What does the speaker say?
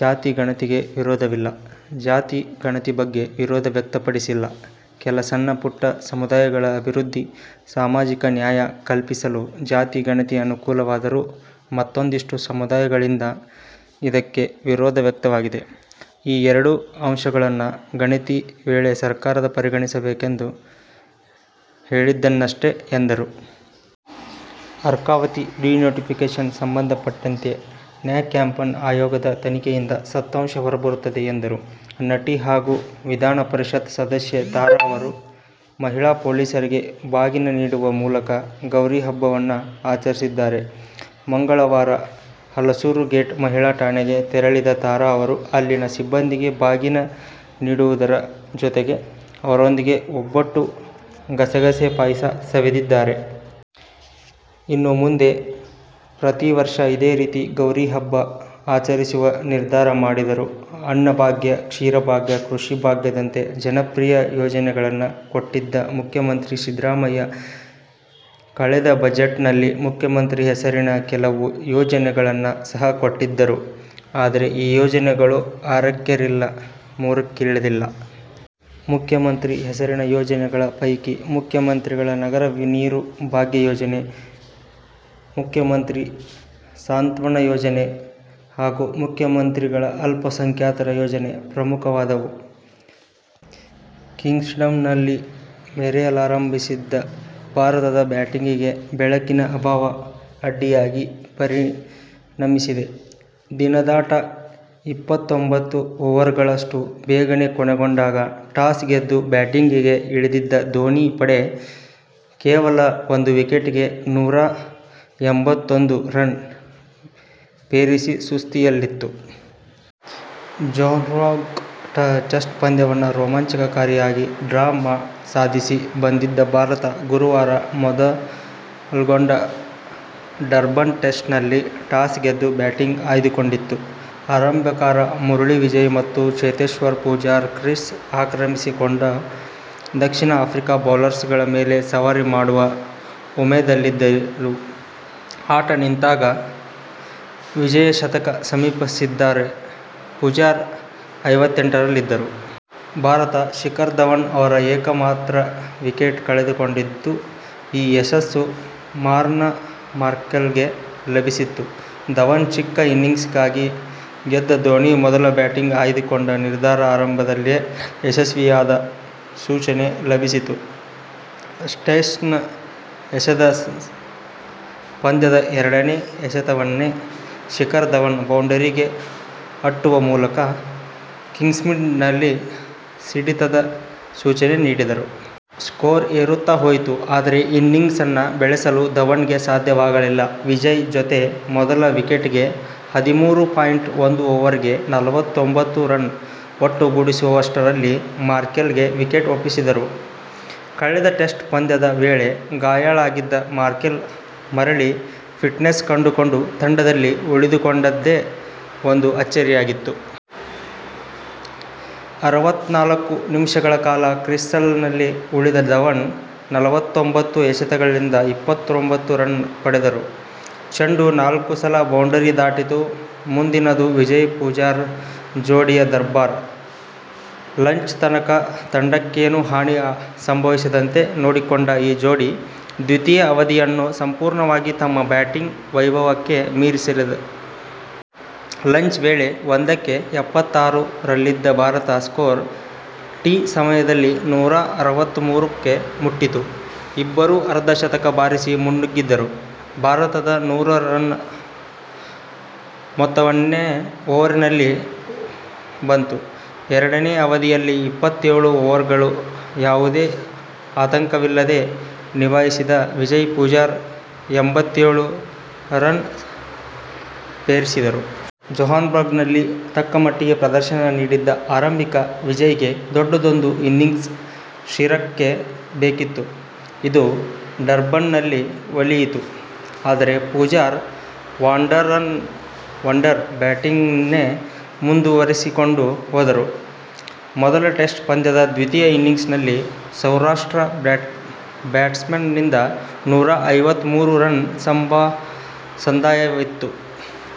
ಜಾತಿ ಗಣತಿಗೆ ವಿರೋಧವಿಲ್ಲ: ಜಾತಿ ಗಣತಿ ಬಗ್ಗೆ ವಿರೋಧ ವ್ಯಕ್ತಪಡಿಸಿಲ್ಲ. ಕೆಲ ಸಣ್ಣ ಪುಟ್ಟ ಸಮುದಾಯಗಳ ಅಭಿವೃದ್ಧಿ, ಸಾಮಾಜಿಕ ನ್ಯಾಯ ಕಲ್ಪಿಸಲು ಜಾತಿ ಗಣತಿ ಅನುಕೂಲವಾದರೂ ಮತ್ತೂಂದಿಷ್ಟು ಸಮುದಾಯಗಳಿಂದ ಇದಕ್ಕೆ ವಿರೋಧ ವ್ಯಕ್ತವಾಗಿದೆ. ಈ ಎರಡು ಅಂಶಗಳನ್ನು ಗಣತಿ ವೇಳೆ ಸರ್ಕಾರ ಪರಿಗಣಿಸಬೇಕೆಂದು ಹೇಳಿದ್ದನಷ್ಟೆ ಎಂದರು. ಅರ್ಕಾವತಿ ಡಿನೋಟಿಫಿಕೇಶನ್ ಸಂಬಂಧಪಟ್ಟಂತೆ ನ್ಯಾ ಕೆಂಪಣ್ಣ ಆಯೋಗದ ತನಿಖೆಯಿಂದ ಸತ್ಯಾಂಶ ಹೊರಬರುತ್ತದೆ ಎಂದರು. ನಟಿ ಹಾಗೂ ವಿಧಾನ ಪರಿಷತ್ ಸದಸ್ಯೆ ತಾರಾ ಅವರು ಮಹಿಳಾ ಪೊಲೀಸರಿಗೆ ಬಾಗಿನ ನೀಡುವ ಮೂಲಕ ಗೌರಿ ಹಬ್ಬವನ್ನು ಆಚರಿಸಿದ್ದಾರೆ. ಮಂಗಳವಾರ ಹಲಸೂರು ಗೇಟ್ ಮಹಿಳಾ ಠಾಣೆಗೆ ತೆರಳಿದ ತಾರಾ ಅವರು ಅಲ್ಲಿನ ಸಿಬ್ಬಂದಿಗೆ ಬಾಗಿನ ನೀಡುವುದರ ಜೊತೆಗೆ ಅವರೊಂದಿಗೆ ಒಬ್ಬಟ್ಟು, ಗಸಗಸೆ ಪಾಯಸ ಸವಿದರು. ಇನ್ನು ಮುಂದೆ ಪ್ರತಿ ವರ್ಷ ಇದೇ ರೀತಿ ಗೌರಿ ಹಬ್ಬ ಆಚರಿಸುವ ನಿರ್ಧಾರ ಮಾಡಿದರು. ಅನ್ನಭಾಗ್ಯ, ಕ್ಷೀರಭಾಗ್ಯ, ಕೃಷಿ ಭಾಗ್ಯದಂತಹ ಜನಪ್ರಿಯ ಯೋಜನೆಗಳನ್ನು ಕೊಟ್ಟಿದ್ದ ಮುಖ್ಯಮಂತ್ರಿ ಸಿದ್ದರಾಮಯ್ಯ ಕಳೆದ ಬಜೆಟ್ನಲ್ಲಿ ಮುಖ್ಯಮಂತ್ರಿ ಹೆಸರಿನ ಕೆಲವು ಯೋಜನೆಗಳನ್ನು ಸಹ ಕೊಟ್ಟಿದ್ದರು. ಆದರೆ, ಈ ಯೋಜನೆಗಳು ಆರಕ್ಕೇರಿಲ್ಲ, ಮೂರಕ್ಕಿಳಿದಿಲ್ಲ. ಮುಖ್ಯಮಂತ್ರಿ ಹೆಸರಿನ ಯೋಜನೆಗಳ ಪೈಕಿ ಮುಖ್ಯಮಂತ್ರಿಗಳ ನಗರ ನೀರು ಭಾಗ್ಯ ಯೋಜನೆ, ಮುಖ್ಯಮಂತ್ರಿ ಸಾಂತ್ವನಯೋಜನೆ ಹಾಗೂ ಮುಖ್ಯಮಂತ್ರಿಗಳ ಅಲ್ಪಸಂಖ್ಯಾತರ ಯೋಜನೆ ಪ್ರಮುಖವಾದವು. ಕಿಂಗ್ಸ್ಮೀಡ್ನಲ್ಲಿ ಮೆರೆಯಲಾರಂಭಿಸಿದ್ದ ಭಾರತದ ಬ್ಯಾಟಿಂಗಿಗೆ ಬೆಳಕಿನ ಅಭಾವ ಅಡ್ಡಿಯಾಗಿ ಪರಿಣಮಿಸಿದೆ. ದಿನದಾಟ ಇಪ್ಪತ್ತೊಂಬತ್ತು ಓವರ್ಗಳಷ್ಟು ಬೇಗನೇ ಕೊನೆಗೊಂಡಾಗ ಟಾಸ್ ಗೆದ್ದು ಬ್ಯಾಟಿಂಗಿಗೆ ಇಳಿದಿದ್ದ ಧೋನಿ ಪಡೆ ಕೇವಲ ಒಂದು ವಿಕೆಟಿಗೆ ನೂರಾ ಎಂಬತ್ತೊಂದು ರನ್ ಪೇರಿಸಿ ಸುಸ್ಥಿತಿಯಲ್ಲಿತ್ತು. ಜೊಹಾನ್ಸ್ಬರ್ಗ್ ಟೆಸ್ಟ್ ಪಂದ್ಯವನ್ನು ರೋಮಾಂಚಕಾರಿಯಾಗಿ ಡ್ರಾ ಸಾಧಿಸಿ ಬಂದಿದ್ದ ಭಾರತ ಗುರುವಾರ ಮೊದಲ್ಗೊಂಡ ಡರ್ಬನ್ ಟೆಸ್ಟ್ನಲ್ಲಿ ಟಾಸ್ ಗೆದ್ದು ಬ್ಯಾಟಿಂಗ್ ಆಯ್ದುಕೊಂಡಿತ್ತು. ಆರಂಭಕಾರ ಮುರಳಿ ವಿಜಯ್ ಮತ್ತು ಚೇತೇಶ್ವರ್ ಪೂಜಾರ ಕ್ರೀಸ್ ಆಕ್ರಮಿಸಿಕೊಂಡು ದಕ್ಷಿಣ ಆಫ್ರಿಕಾ ಬೌಲರ್ಗಳ ಮೇಲೆ ಸವಾರಿ ಮಾಡುವ ಉಮೇದಿನಲ್ಲಿದ್ದರು. ಆಟ ನಿಂತಾಗ ವಿಜಯ್ ಶತಕ ಸಮೀಪಿಸಿದ್ದರೆ, ಪೂಜಾರ ಐವತ್ತೆಂಟರಲ್ಲಿದ್ದರು. ಭಾರತ ಶಿಖರ್ ಧವನ್ ಅವರ ಏಕಮಾತ್ರ ವಿಕೆಟ್ ಕಳೆದುಕೊಂಡಿದ್ದು, ಈ ಯಶಸ್ಸು ಮಾರ್ನ್ ಮಾರ್ಕೆಲ್ಗೆ ಲಭಿಸಿತ್ತು. ಧವನ್ ಚಿಕ್ಕ ಇನ್ನಿಂಗ್ಸ್ಟಾಸ್ ಗೆದ್ದ ಧೋನಿ ಮೊದಲು ಬ್ಯಾಟಿಂಗ್ ಆಯ್ದುಕೊಂಡ ನಿರ್ಧಾರ ಆರಂಭದಲ್ಲೇ ಯಶಸ್ವಿಯಾದ ಸೂಚನೆ ಲಭಿಸಿತು. ಸ್ಟೇಯ್ನ ಎಸೆದ ಪಂದ್ಯದ ಎರಡನೇ ಎಸೆತವನ್ನೇ ಶಿಖರ್ ಧವನ್ ಬೌಂಡರಿಗೆ ಅಟ್ಟುವ ಮೂಲಕ ಕಿಂಗ್ಸ್ಮೀಡ್ನಲ್ಲಿ ಸಿಡಿತದ ಸೂಚನೆ ನೀಡಿದರು. ಸ್ಕೋರ್ ಏರುತ್ತ ಹೋಯಿತು. ಆದರೆ ಇನ್ನಿಂಗ್ಸ್ ಬೆಳೆಸಲು ಧವನ್ಗೆ ಸಾಧ್ಯವಾಗಲಿಲ್ಲ. ವಿಜಯ್ ಜತೆ ಮೊದಲ ವಿಕೆಟಿಗೆ ಹದಿಮೂರು ಪಾಯಿಂಟ್ ಒಂದು ಓವರ್ಗಳಿಂದ ನಲವತ್ತೊಂದು ರನ್ ಒಟ್ಟುಗೂಡಿಸುವಷ್ಟರಲ್ಲಿ ಮಾರ್ಕೆಲ್ಗೆ ವಿಕೆಟ್ ಒಪ್ಪಿಸಿದರು. ಕಳೆದ ಟೆಸ್ಟ್ ಪಂದ್ಯದ ವೇಳೆ ಗಾಯಾಳಾಗಿದ್ದ ಮಾರ್ಕೆಲ್ ಮರಳಿ ಫಿಟ್ನೆಸ್ ಕಂಡುಕೊಂಡು ತಂಡದಲ್ಲಿ ಉಳಿದುಕೊಂಡದ್ದೇ ಒಂದು ಆಚ್ಚರಿಯಾಗಿತ್ತು. ಆರಾವತ್ತ್ನಾಲ್ಕು ನಿಮಿಷಗಳ ಕಾಲ ಕ್ರೀಸ್ನಲ್ಲಿ ಉಳಿದ ಧವನ್ ನಲವತ್ತುಹೊಂಬತ್ತು ಎಸೆತಗಳಿಂದ ಇಪ್ಪತ್ತೊಂಭತ್ತು ರನ್ ಹೊಡೆದರು. ಚೆಂಡು ನಾಲ್ಕು ಸಲ ಬೌಂಡರಿ ದಾಟಿತು. ಮುಂದಿನದು ವಿಜಯ್-ಪೂಜಾರ ಜೋಡಿಯ ದರ್ಬಾರು. ಲಂಚ್ ತನಕ ತಂಡಕ್ಕೇನೂ ಹಾನಿ ಸಂಭವಿಸದಂತೆ ನೋಡಿಕೊಂಡ ಈ ಜೋಡಿ, ದ್ವಿತೀಯ ಅವಧಿಯನ್ನು ಸಂಪೂರ್ಣವಾಗಿ ತಮ್ಮ ಬ್ಯಾಟಿಂಗ್ ವೈಭವಕ್ಕೆ ಮೀಸಲಿರಿಸಿತು. ಲಂಚ್ ವೇಳೆ ಒಂದಕ್ಕೆ ಎಪ್ಪತ್ತಾರು ರಲ್ಲಿದ್ದ ಭಾರತದ ಸ್ಕೋರ್ ಟೀ ಸಮಯದಲ್ಲಿ ನೂರಾ ಅರವತ್ತಮೂರು ಕ್ಕೆ ಮುಟ್ಟಿತ್ತು. ಇಬ್ಬರೂ ಅರ್ಧ ಶತಕ ಬಾರಿಸಿ ಮುನ್ನುಗ್ಗಿದ್ದರು. ಭಾರತದ ನೂರು ರನ್ ಮೂವತ್ತನೇ ಓವರಿನಲ್ಲಿ ಬಂತು. ಎರಡನೇ ಅವಧಿಯಲ್ಲಿ ಇಪ್ಪತ್ತೇಳು ಓವರ್ಗಳನ್ನು ಯಾವುದೇ ಆತಂಕವಿಲ್ಲದೆ ನಿಭಾಯಿಸಿದ ವಿಜಯ್-ಪೂಜಾರ ಎಂಬತ್ತೇಳು ರನ್ ಪೇರಿಸಿದರು. ಜೊಹಾನ್ಸ್ಬರ್ಗ್ನಲ್ಲಿ ತಕ್ಕಮಟ್ಟಿನ ಪ್ರದರ್ಶನ ನೀಡಿದ್ದ ಆರಂಭಿಕ ವಿಜಯ್ಗೆ ದೊಡ್ಡದೊಂದು ಇನ್ನಿಂಗ್ಸಿನ ಶ್ರೀರಕ್ಷೆ ಬೇಕಿತ್ತು. ಇದು ಡರ್ಬನ್ನಲ್ಲಿ ಒಲಿಯಿತು. ಆದರೆ ಪೂಜಾರ ವಾಂಡರರ್ನ ವಂಡರ್ ಬ್ಯಾಟಿಂಗನ್ನೇ ಮುಂದುವರಿಸಿಕೊಂಡು ಹೋದರು. ಮೊದಲ ಟೆಸ್ಟ್ ಪಂದ್ಯದ ದ್ವಿತೀಯ ಇನ್ನಿಂಗ್ಸ್ನಲ್ಲಿ ಸೌರಾಷ್ಟ್ರ ಬ್ಯಾಟ್ಸ್ಮನ್ನಿಂದ ನೂರಾ ಐವತ್ತಮೂರು ರನ್ ಸಂದಾಯವಾಗಿತ್ತು.